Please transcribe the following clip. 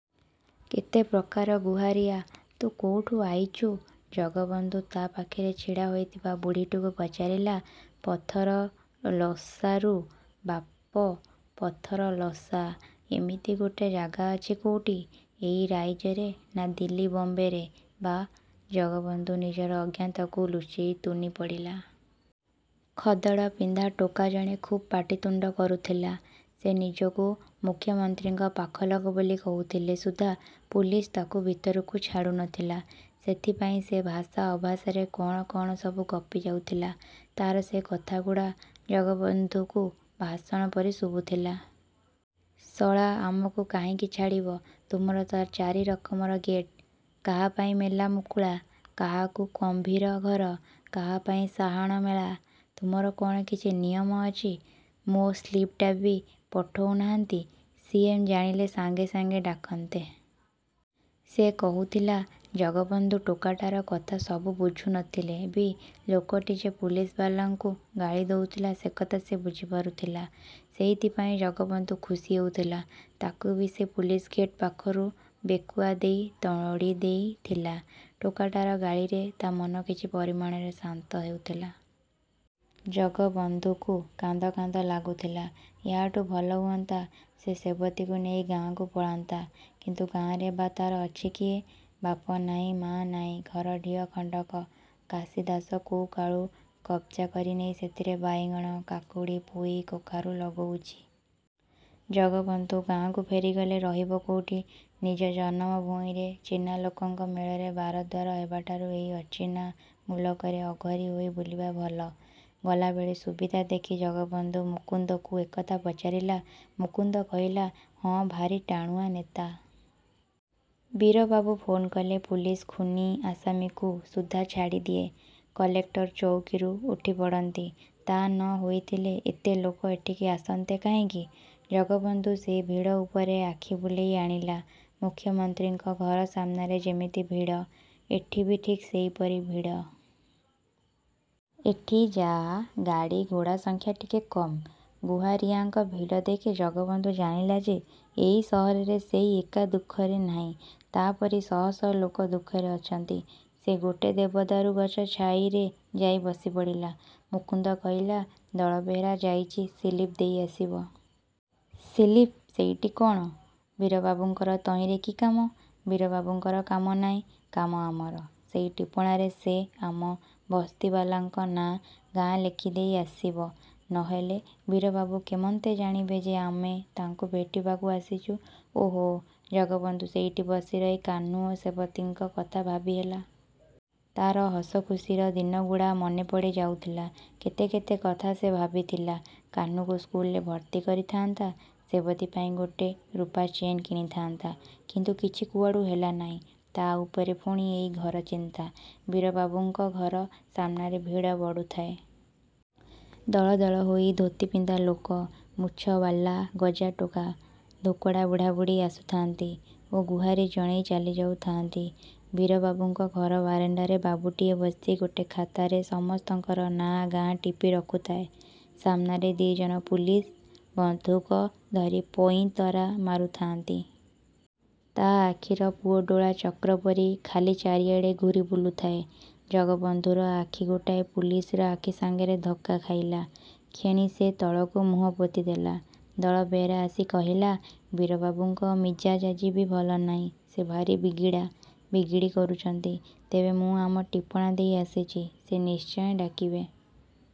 କେତେ ପ୍ରକାର ଗୁହାରିଆ। ତୁ କୋଉଠୁ ଆଇଛୁ? ଜଗବନ୍ଧୁ ତା ପାଖରେ ଛିଡ଼ା ହୋଇଥିବା ବୁଢ଼ୀଟିକୁ ପଚାରିଲା। 'ପଥରଲସାରୁ ବାପ! ' ପଥରଲସା? ଏମିତି ଗୋଟେ ଜାଗା ଅଛି କୋଉଠି? ଏଇ ରାଇଜରେ ନା ଦିଲ୍ଲୀ ବମ୍ବେରେ ବା! ଜଗବନ୍ଧୁ ନିଜର ଅଜ୍ଞତାକୁ ଲୁଚେଇ ତୁନି ପଡ଼ିଲା। ଖଦଡ଼ ପିନ୍ଧା ଟୋକା ଜଣେ ଖୁବ୍ ପାଟିତୁଣ୍ଡ କରୁଥିଲା। ସେ ନିଜକୁ ମୁଖ୍ୟମନ୍ତ୍ରୀଙ୍କ ପାଖଲୋକ ବୋଲି କହୁଥିଲେ ସୁଦ୍ଧା ପୁଲିସ ତାକୁ ଭିତରକୁ ଛାଡ଼ୁ ନଥିଲା। ସେଥିପାଇଁ ସେ ଭାଷା ଅଭାଷାରେ କଣ କଣ ସବୁ ଗପିଯାଉଥିଲା। ତାର ସେ କଥାଗୁଡ଼ା ଜଗବନ୍ଧୁକୁ ଭାଷଣ ପରି ଶୁଭୁଥିଲା। ଶଳା, ଆମକୁ କାହିଁକି ଛାଡ଼ିବ? ତୁମର ତ ଚାରି ରକମର ଗେଟ୍। କାହା ପାଇଁ ମେଲା ମୁକୁଳା, କାହାକୁ ଗମ୍ଭୀର ଘର, କାହା ପାଇଁ ସାହାଣ ମେଲା, ତୁମର କଣ କିଛି ନିୟମ ଅଛି? ମୋ ସ୍ଲିପ୍ଟା ବି ପଠଉନାହାନ୍ତି। ସି. ଏମ୍. ଜାଣିଲେ ସାଙ୍ଗେ ସାଙ୍ଗେ ଡାକନ୍ତେ। ସେ କହୁଥିଲା। ଜଗବନ୍ଧୁ ଟୋକାଟାର କଥା ସବୁ ବୁଝୁ ନଥିଲେ ବି ଲୋକଟି ଯେ ପୁଲିସବାଲାଙ୍କୁ ଗାଳି ଦଉଥିଲା ସେକଥା ସେ ବୁଝି ପାରୁଥିଲା। ସେଇଥିପାଇଁ ଜଗବନ୍ଧୁ ଖୁସି ହେଉଥିଲା। ତାକୁ ବି ସେ ପୁଲିସ ଗେଟ୍ ପାଖରୁ ବେକୁଆ ଦେଇ ତଡ଼ିଦେଇଥିଲା। ଟୋକାଟାର ଗାଳିରେ ତା ମନ କିଛି ପରିମାଣରେ ଶାନ୍ତ ହେଉଥିଲା। ଜଗବନ୍ଧୁକୁ କାନ୍ଦ କାନ୍ଦ ଲାଗୁଥିଲା। ୟାଠୁଁ ଭଲ ହୁଅନ୍ତା ସେ ସେବତୀକୁ ନେଇ ଗାଁକୁ ପଳାନ୍ତା। କିନ୍ତୁ ଗାଁରେ ବା ତାର ଅଛି କିଏ? ବାପ ନାହିଁ, ମା ନାହିଁ। ଘର ଡିହ ଖଣ୍ଡକ କାଶି ଦାସ କୋଉକାଳୁ କବ୍ଜା କରିନେଇ ସେଥିରେ ବାଇଗଣ, କାକୁଡ଼ି, ପୋଇ, କଖାରୁ ଲଗଉଛି। ଜଗବନ୍ଧୁ ଗାଁକୁ ଫେରିଗଲେ ରହିବ କୋଉଠି? ନିଜ ଜନମ ଭୂଇଁରେ ଚିହ୍ନା ଲୋକଙ୍କ ମେଳରେ ବାରଦ୍ୱାର ହେବାଠାରୁ ଏଇ ଅଚିହ୍ନା ମୁଲକରେ ଅଘରୀ ହୋଇ ବୁଲିବା ଭଲ। ଗଲାବେଳେ ସୁବିଧା ଦେଖି ଜଗବନ୍ଧୁ ମୁକୁନ୍ଦକୁ ଏକଥା ପଚାରିଲା। ମୁକୁନ୍ଦ କହିଲା, "ହଁ, ଭାରି ଟାଣୁଆ ନେତା। ବୀରବାବୁ ଫୋନ୍ କଲେ ପୁଲିସ ଖୁନୀ ଆସାମୀକୁ ସୁଦ୍ଧା ଛାଡ଼ିଦିଏ। କଲେକ୍ଟର ଚଉକୀରୁ ଉଠିପଡ଼ନ୍ତି। ତା ନ ହୋଇଥିଲେ ଏତେ ଲୋକ ଏଠିକି ଆସନ୍ତେ କାହିଁକି? " ଜଗବନ୍ଧୁ ସେଇ ଭିଡ଼ ଉପରେ ଆଖି ବୁଲେଇ ଆଣିଲା। ମୁଖ୍ୟମନ୍ତ୍ରୀଙ୍କ ଘର ସାମ୍ନାରେ ଯେମିତି ଭିଡ଼, ଏଠି ବି ଠିକ୍ ସେହିପରି ଭିଡ଼। ଏଠି ଯାହା ଗାଡ଼ିଘୋଡ଼ା ସଂଖ୍ୟା ଟିକେ କମ୍। ଗୁହାରିଆଙ୍କ ଭିଡ଼ ଦେଖି ଜଗବନ୍ଧୁ ଜାଣିଲା ଯେ ଏଇ ସହରରେ ସେଇ ଏକା ଦୁଃଖରେ ନାହିଁ। ତା ପରି ଶହ ଶହ ଲୋକ ଦୁଃଖରେ ଅଛନ୍ତି। ସେ ଗୋଟେ ଦେବଦାରୁ ଗଛ ଛାଇରେ ଯାଇ ବସିପଡ଼ିଲା। ମୁକୁନ୍ଦ କହିଲା, 'ଦଳବେହେରା ଯାଇଛି ସିଲିପ୍ ଦେଇଆସିବ। 'ସିଲିପ୍! ସେଇଟି କଣ? ବୀରବାବୁଙ୍କର ତହିଁରେ କି କାମ? ବୀରବାବୁଙ୍କର କାମ ନାହିଁ। କାମ ଆମର। ସେଇ ଟିପଣାରେ ସେ ଆମ ବସ୍ତିବାଲାଙ୍କ ନାଁ, ଗାଁ ଲେଖିଦେଇ ଆସିବ। ନହେଲେ ବୀରବାବୁ କେମନ୍ତେ ଜାଣିବେ ଯେ ଆମେ ତାଙ୍କୁ ଭେଟିବାକୁ ଆସିଛୁ। ଓ ହୋ! ଜଗବନ୍ଧୁ ସେଇଠି ବସିରହି କାହ୍ନୁ ଓ ସେବତୀଙ୍କ କଥା ଭାବିହେଲା। ତାର ହସଖୁସିର ଦିନଗୁଡ଼ା ମନେପଡ଼ି ଯାଉଥିଲା। କେତେ କେତେ କଥା ସେ ଭାବିଥିଲା। କାହ୍ନୁକୁ ସ୍କୁଲରେ ଭର୍ତ୍ତି କରିଥାନ୍ତା, ସେବତୀ ପାଇଁ ଗୋଟେ ରୁପାଚେନ୍ କିଣିଥାନ୍ତା। କିନ୍ତୁ କିଛି କୁଆଡ଼ୁ ହେଲା ନାହିଁ। ତା' ଉପରେ ପୁଣି ଏଇ ଘରଚିନ୍ତା। ବୀରବାବୁଙ୍କ ଘର ସାମ୍ନାରେ ଭିଡ଼ ବଢ଼ୁଥାଏ। ଦଳ ଦଳ ହୋଇ ଧୋତିପିନ୍ଧା ଲୋକ, ମୁଛବାଲା ଗଜା ଟୋକା, ଧୋକଡ଼ା ବୁଢ଼ାବୁଢ଼ୀ ଆସୁଥାନ୍ତି ଓ ଗୁହାରି ଜଣେଇ ଚାଲିଯାଉଥାଆନ୍ତି। ବୀରବାବୁଙ୍କ ଘର ବାରଣ୍ଡାରେ ବାବୁଟିଏ ବସି ଗୋଟେ ଖାତାରେ ସମସ୍ତଙ୍କର ନାଁ ଗାଁ ଟିପି ରଖୁଥାଏ। ସାମ୍ନାରେ ଦି ଜଣ ପୁଲିସ ବନ୍ଧୁକ ଧରି ପଇଁତରା ମାରୁଥାଆନ୍ତି। ତା ଆଖିର ପୁଅଡୋଳା ଚକ୍ରପରି ଖାଲି ଚାରିଆଡ଼େ ଘୂରି ବୁଲୁଥାଏ। ଜଗବନ୍ଧୁର ଆଖି ଗୋଟାଏ ପୁଲିସର ଆଖି ସାଙ୍ଗରେ ଧକ୍କା ଖାଇଲା କ୍ଷଣି ସେ ତଳକୁ ମୁହଁ ପୋତିଦେଲା। ଦଳବେହେରା ଆସି କହିଲା, "ବୀରବାବୁଙ୍କ ମିଜାଜ ଆଜି ବି ଭଲ ନାହିଁ। ସେ ଭାରି ବିଗିଡ଼ା ବିଗିଡ଼ି କରୁଛନ୍ତି। ତେବେ ମୁଁ ଆମ ଟିପଣା ଦେଇ ଆସିଛି। ସେ ନିଶ୍ଚୟ ଡାକିବେ।